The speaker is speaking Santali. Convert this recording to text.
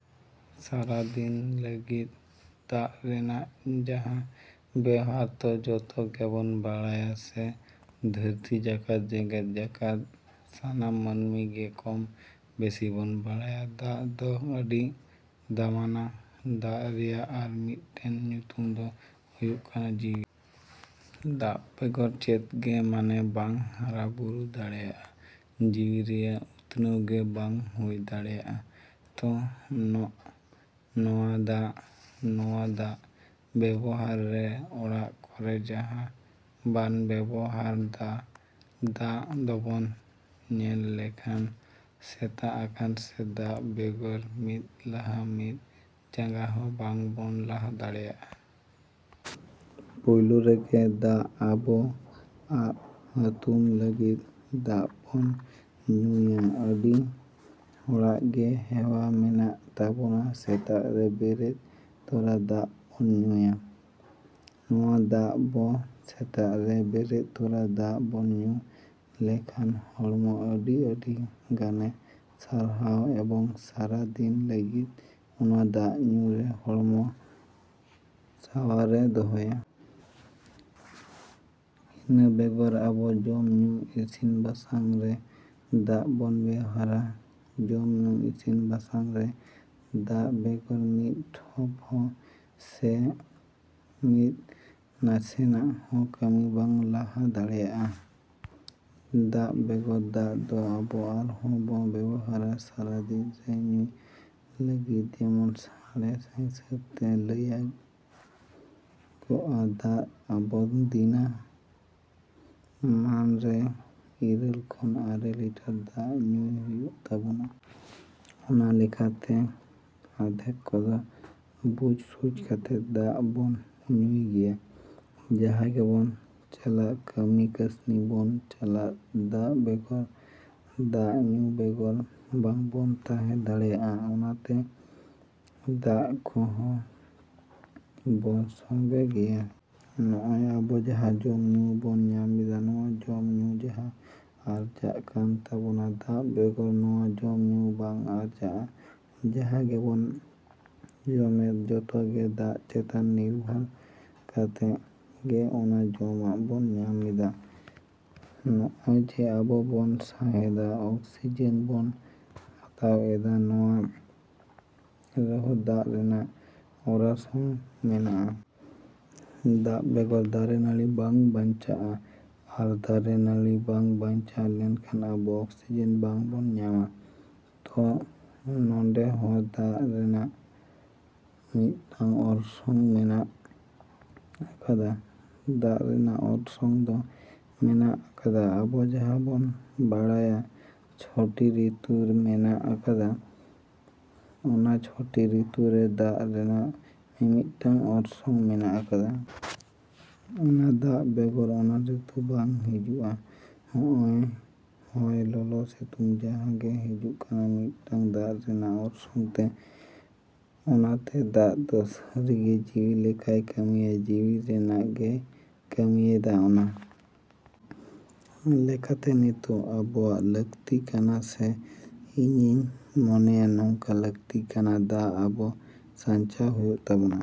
‎ᱥᱟᱨᱟ ᱫᱤᱱ ᱞᱟᱹᱜᱤᱫ ᱫᱟᱜ ᱨᱮᱱᱟᱜ ᱡᱟᱦᱟᱸ ᱵᱮᱣᱦᱟᱨ ᱛᱚ ᱡᱚᱛᱚ ᱜᱮᱵᱚᱱ ᱵᱟᱲᱟᱭᱟ ᱥᱮ ᱫᱷᱟᱹᱨᱛᱤ ᱡᱟᱠᱟᱛ, ᱡᱮᱜᱮᱫ ᱡᱟᱠᱟᱛ ᱥᱟᱱᱟᱢ ᱢᱟᱹᱱᱢᱤ ᱜᱮ ᱠᱚᱢ ᱵᱮᱥᱤ ᱵᱚᱱ ᱵᱟᱲᱟᱭᱟ ᱫᱟᱜ ᱫᱚ ᱟᱹᱰᱤ ᱫᱟᱢᱟᱱᱟ᱾ ᱫᱟᱜ ᱨᱮᱭᱟᱜ ᱟᱨ ᱢᱤᱫᱴᱮᱱ ᱧᱩᱛᱩᱢ ᱫᱚ ᱦᱩᱭᱩᱜ ᱠᱟᱱᱟ ᱡᱤᱣᱤ᱾ ᱫᱟᱜ ᱵᱮᱜᱚᱨ ᱪᱮᱫ ᱜᱮ ᱢᱟᱱᱮ ᱵᱟᱝ ᱦᱟᱨᱟ ᱵᱩᱨᱩ ᱫᱟᱲᱮᱭᱟᱜᱼᱟ, ᱡᱤᱣᱤ ᱨᱮᱭᱟᱜ ᱩᱛᱱᱟᱹᱣ ᱜᱮ ᱵᱟᱝ ᱦᱩᱭ ᱫᱟᱲᱮᱭᱟᱜᱼᱟ᱾ ᱛᱚ ᱱᱚᱜᱼᱱᱚᱣᱟ ᱫᱟᱜ, ᱱᱚᱣᱟ ᱫᱟᱜ ᱵᱮᱵᱚᱦᱟᱨ ᱨᱮ ᱚᱲᱟᱜ ᱠᱚᱨᱮ ᱡᱟᱦᱟᱸ ᱵᱚᱱ ᱵᱮᱵᱚᱦᱟᱨ ᱫᱟ, ᱫᱟᱜ ᱫᱚᱵᱚᱱ ᱧᱮᱞ ᱞᱮᱠᱷᱟᱱ ᱥᱮᱛᱟᱜ ᱟᱠᱟᱱ ᱥᱮ ᱫᱟᱜ ᱵᱮᱜᱚᱨ ᱢᱤᱫ ᱞᱟᱦᱟ ᱢᱤᱫ ᱡᱟᱜᱟ ᱦᱚᱸ ᱵᱟᱝ ᱵᱚᱱ ᱞᱟᱦᱟ ᱫᱟᱲᱮᱭᱟᱜᱼᱟ᱾ ᱯᱳᱭᱞᱳ ᱨᱮᱜᱮ ᱫᱟᱜ ᱟᱵᱚ ᱟᱵᱼᱦᱩᱛᱩᱢ ᱞᱟᱹᱜᱤᱫ, ᱫᱟᱜ ᱵᱚᱱ ᱧᱩᱭᱟ᱾ ᱟᱹᱰᱤ ᱦᱚᱲᱟᱜ ᱜᱮ ᱦᱮᱣᱟ ᱢᱮᱱᱟᱜ ᱛᱟᱵᱚᱱᱟ ᱥᱮᱛᱟᱜ ᱨᱮ ᱵᱮᱨᱮᱫ ᱛᱚᱨᱟ ᱫᱟᱜ ᱵᱚᱱ ᱧᱩᱭᱟ᱾ ᱱᱚᱣᱟ ᱫᱟᱜ ᱵᱚ ᱥᱮᱛᱟᱜ ᱨᱮ ᱵᱮᱨᱮᱫ ᱛᱚᱨᱟ ᱫᱟᱜ ᱵᱚᱱ ᱧᱩ ᱞᱮᱠᱷᱟᱱ ᱦᱚᱲᱢᱚ ᱟᱹᱰᱤ ᱟᱹᱰᱤ ᱜᱟᱱᱮ ᱥᱟᱶᱟᱨᱟᱭ ᱮᱵᱚᱝ ᱥᱟᱨᱟ ᱫᱤᱱ ᱞᱟᱹᱜᱤᱫ ᱚᱱᱟ ᱫᱟᱜ ᱧᱩ ᱨᱮ ᱦᱚᱲᱢᱚ ᱥᱟᱶᱟᱨᱮ ᱫᱚᱦᱚᱭᱟ᱾ ᱤᱱᱟᱹ ᱵᱮᱜᱚᱨ ᱟᱵᱚ ᱡᱚᱢᱼᱧᱩ, ᱤᱥᱤᱱ ᱵᱟᱥᱟᱝ ᱨᱮ ᱫᱟᱜ ᱵᱚᱱ ᱵᱮᱣᱦᱟᱨᱟ᱾ ᱡᱚᱢ ᱧᱩ, ᱤᱥᱤᱱ ᱵᱟᱥᱟᱝ ᱨᱮ ᱫᱟᱜ ᱵᱮᱜᱚᱨ ᱢᱤᱫ ᱴᱷᱚᱯ ᱦᱚᱸ ᱥᱮ ᱢᱤᱫ ᱱᱟᱥᱮᱱᱟᱜ ᱦᱚᱸ ᱠᱟᱹᱢᱤ ᱵᱟᱝ ᱞᱟᱦᱟ ᱫᱟᱲᱮᱭᱟᱜᱼᱟ᱾ ᱫᱟᱜ ᱵᱮᱜᱚᱨ ᱫᱟᱜ ᱫᱚ ᱟᱵᱚ ᱟᱨᱦᱚᱸ ᱵᱚ ᱵᱮᱵᱚᱦᱟᱨᱟ ᱥᱟᱨᱟ ᱫᱤᱱ ᱨᱮ ᱧᱩᱭ ᱞᱟᱹᱜᱤᱫ ᱡᱮᱢᱚᱱ ᱥᱟᱬᱮᱥ ᱦᱤᱥᱟᱹᱵᱽ ᱛᱮ ᱞᱟᱹᱭᱟᱹᱜᱚᱜᱼᱟ ᱫᱟᱜ ᱟᱵᱚ ᱫᱤᱱᱟᱹᱢᱟᱱ ᱨᱮ ᱤᱨᱟᱹᱞ ᱠᱷᱚᱱ ᱟᱨᱮ ᱞᱤᱴᱟᱨ ᱫᱟᱜ ᱧᱩᱭ ᱦᱩᱭᱩᱜ ᱛᱟᱵᱚᱱᱟ᱾ ᱚᱱᱟ ᱞᱮᱠᱟ ᱛᱮ ᱟᱫᱷᱮᱠ ᱠᱚᱫᱚ ᱵᱩᱡᱽᱼᱥᱩᱡᱽ ᱠᱟᱛᱮ ᱫᱟᱜ ᱵᱚᱱ ᱧᱩᱭ ᱜᱮᱭᱟ᱾ ᱡᱟᱦᱟᱸ ᱜᱮᱵᱚᱱ ᱪᱟᱞᱟᱜ ᱠᱟᱹᱢᱤ ᱠᱟᱥᱱᱤ ᱵᱚᱱ ᱪᱟᱞᱟᱜ ᱫᱟᱜ ᱵᱮᱜᱚᱨ ᱫᱟᱜ ᱧᱩ ᱵᱮᱜᱚᱨ ᱵᱟᱝ ᱵᱚᱱ ᱛᱟᱦᱮᱸ ᱫᱟᱲᱮᱭᱟᱜᱼᱟ᱾ ᱚᱱᱟ ᱛᱮ ᱫᱟᱜ ᱠᱚᱦᱚᱸ ᱵᱚ ᱥᱚᱸᱜᱮ ᱜᱮᱭᱟ᱾ ᱱᱚᱜᱼᱚᱭ ᱟᱵᱚ ᱡᱟᱦᱟᱸ ᱡᱚᱢᱼᱧᱩ ᱵᱚᱱ ᱧᱟᱢᱮᱫᱟ, ᱱᱚᱣᱟ ᱡᱚᱢᱼᱧᱩ ᱡᱟᱦᱟᱸ ᱟᱨᱡᱟᱜ ᱠᱟᱱ ᱛᱟᱵᱚᱱᱟ ᱫᱟᱜ ᱵᱮᱜᱚᱨ ᱱᱚᱣᱟ ᱡᱚᱢᱼᱧᱩ ᱵᱟᱝ ᱟᱨᱡᱟᱜᱼᱟ᱾ ᱡᱟᱦᱟᱸ ᱜᱮᱵᱚᱱ ᱡᱚᱢᱮᱫ ᱡᱚᱛᱚ ᱜᱮ ᱫᱟᱜ ᱪᱮᱛᱟᱱ ᱱᱤᱨᱵᱷᱚᱨ ᱠᱟᱛᱮᱫ ᱜᱮ ᱚᱱᱟ ᱡᱚᱢᱟᱜ ᱵᱚᱱ ᱧᱟᱢᱮᱫᱟ᱾ ᱱᱚᱜᱼᱚᱭ ᱡᱮ ᱟᱵᱚ ᱵᱚᱱ ᱥᱟᱸᱦᱮᱫᱟ, ᱚᱠᱥᱤᱡᱮᱱ ᱵᱚᱱ ᱦᱟᱛᱟᱣ ᱮᱫᱟ, ᱱᱚᱣᱟ ᱨᱮᱦᱚᱸ ᱫᱟᱜ ᱨᱮᱱᱟᱜ ᱚᱨᱟᱥᱚᱝ ᱢᱮᱱᱟᱜᱼᱟ᱾ ᱫᱟᱜ ᱵᱮᱜᱚᱨ ᱫᱟᱨᱮ ᱱᱟᱹᱲᱤ ᱵᱟᱝ ᱵᱟᱧᱪᱟᱜᱼᱟ ᱟᱨ ᱫᱟᱨᱮ ᱱᱟᱹᱲᱤ ᱵᱟᱝ ᱵᱟᱧᱪᱟᱣ ᱞᱮᱱᱠᱷᱟᱱ ᱟᱵᱚ ᱚᱠᱥᱤᱡᱮᱱ ᱵᱟᱝ ᱵᱚᱱ ᱧᱟᱢᱟ᱾ ᱛᱚ ᱱᱚᱰᱮ ᱦᱚᱸ ᱫᱟᱜ ᱨᱮᱱᱟᱜ ᱢᱤᱫᱴᱟᱝ ᱚᱨᱥᱚᱝ ᱢᱮᱱᱟᱜ ᱟᱠᱟᱫᱟ᱾ ᱫᱟᱜ ᱨᱮᱱᱟᱜ ᱚᱨᱥᱚᱝ ᱫᱚ ᱢᱮᱱᱟᱜ ᱟᱠᱟᱫᱟ ᱟᱵᱚ ᱡᱟᱦᱟᱸ ᱵᱚᱱ ᱵᱟᱲᱟᱭᱟ ᱪᱷᱚᱴᱤ ᱨᱤᱛᱩ ᱢᱮᱱᱟᱜ ᱟᱠᱟᱫᱟ, ᱚᱱᱟ ᱪᱷᱚᱴᱤ ᱨᱤᱛᱩ ᱨᱮ ᱫᱟᱜ ᱨᱮᱱᱟᱜ ᱢᱤᱼᱢᱤᱫᱴᱟᱝ ᱚᱨᱥᱚᱝ ᱢᱮᱱᱟᱜ ᱟᱠᱟᱫᱟ᱾ ᱚᱱᱟ ᱫᱟᱜ ᱵᱮᱜᱚᱨ ᱚᱱᱟ ᱨᱤᱛᱩ ᱵᱟᱝ ᱦᱤᱡᱩᱜᱼᱟ᱾ ᱦᱚᱸᱜᱼᱚᱭ ᱦᱚᱭ, ᱞᱚᱞᱚ, ᱥᱤᱛᱩᱝ ᱡᱟᱦᱟᱸ ᱜᱮ ᱦᱤᱡᱩᱜ ᱠᱟᱱᱟ ᱢᱤᱫᱴᱟᱝ ᱫᱟᱜ ᱨᱮᱱᱟᱜ ᱚᱨᱥᱚᱝ ᱛᱮ᱾ ᱚᱱᱟᱛᱮ ᱫᱟᱜ ᱫᱚ ᱥᱟᱹᱨᱤ ᱜᱮ ᱡᱤᱣᱤ ᱞᱮᱠᱟᱭ ᱠᱟᱹᱢᱤᱭᱟ, ᱡᱤᱣᱤ ᱨᱮᱱᱟᱜ ᱜᱮᱭ ᱠᱟᱹᱢᱤᱭᱮᱫᱟ᱾ ᱚᱱᱟ ᱞᱮᱠᱟᱛᱮ ᱱᱤᱛᱳᱜ ᱟᱵᱚᱣᱟᱜ ᱞᱟᱹᱠᱛᱤ ᱠᱟᱱᱟ ᱥᱮ ᱤᱧᱤᱧ ᱢᱚᱱᱮᱭᱟ ᱱᱚᱝᱠᱟ ᱞᱟᱹᱠᱛᱤ ᱠᱟᱱᱟ ᱫᱟᱜ ᱟᱵᱚ ᱥᱟᱧᱪᱟᱣ ᱦᱩᱭᱩᱜ ᱛᱟᱵᱚᱱᱟ,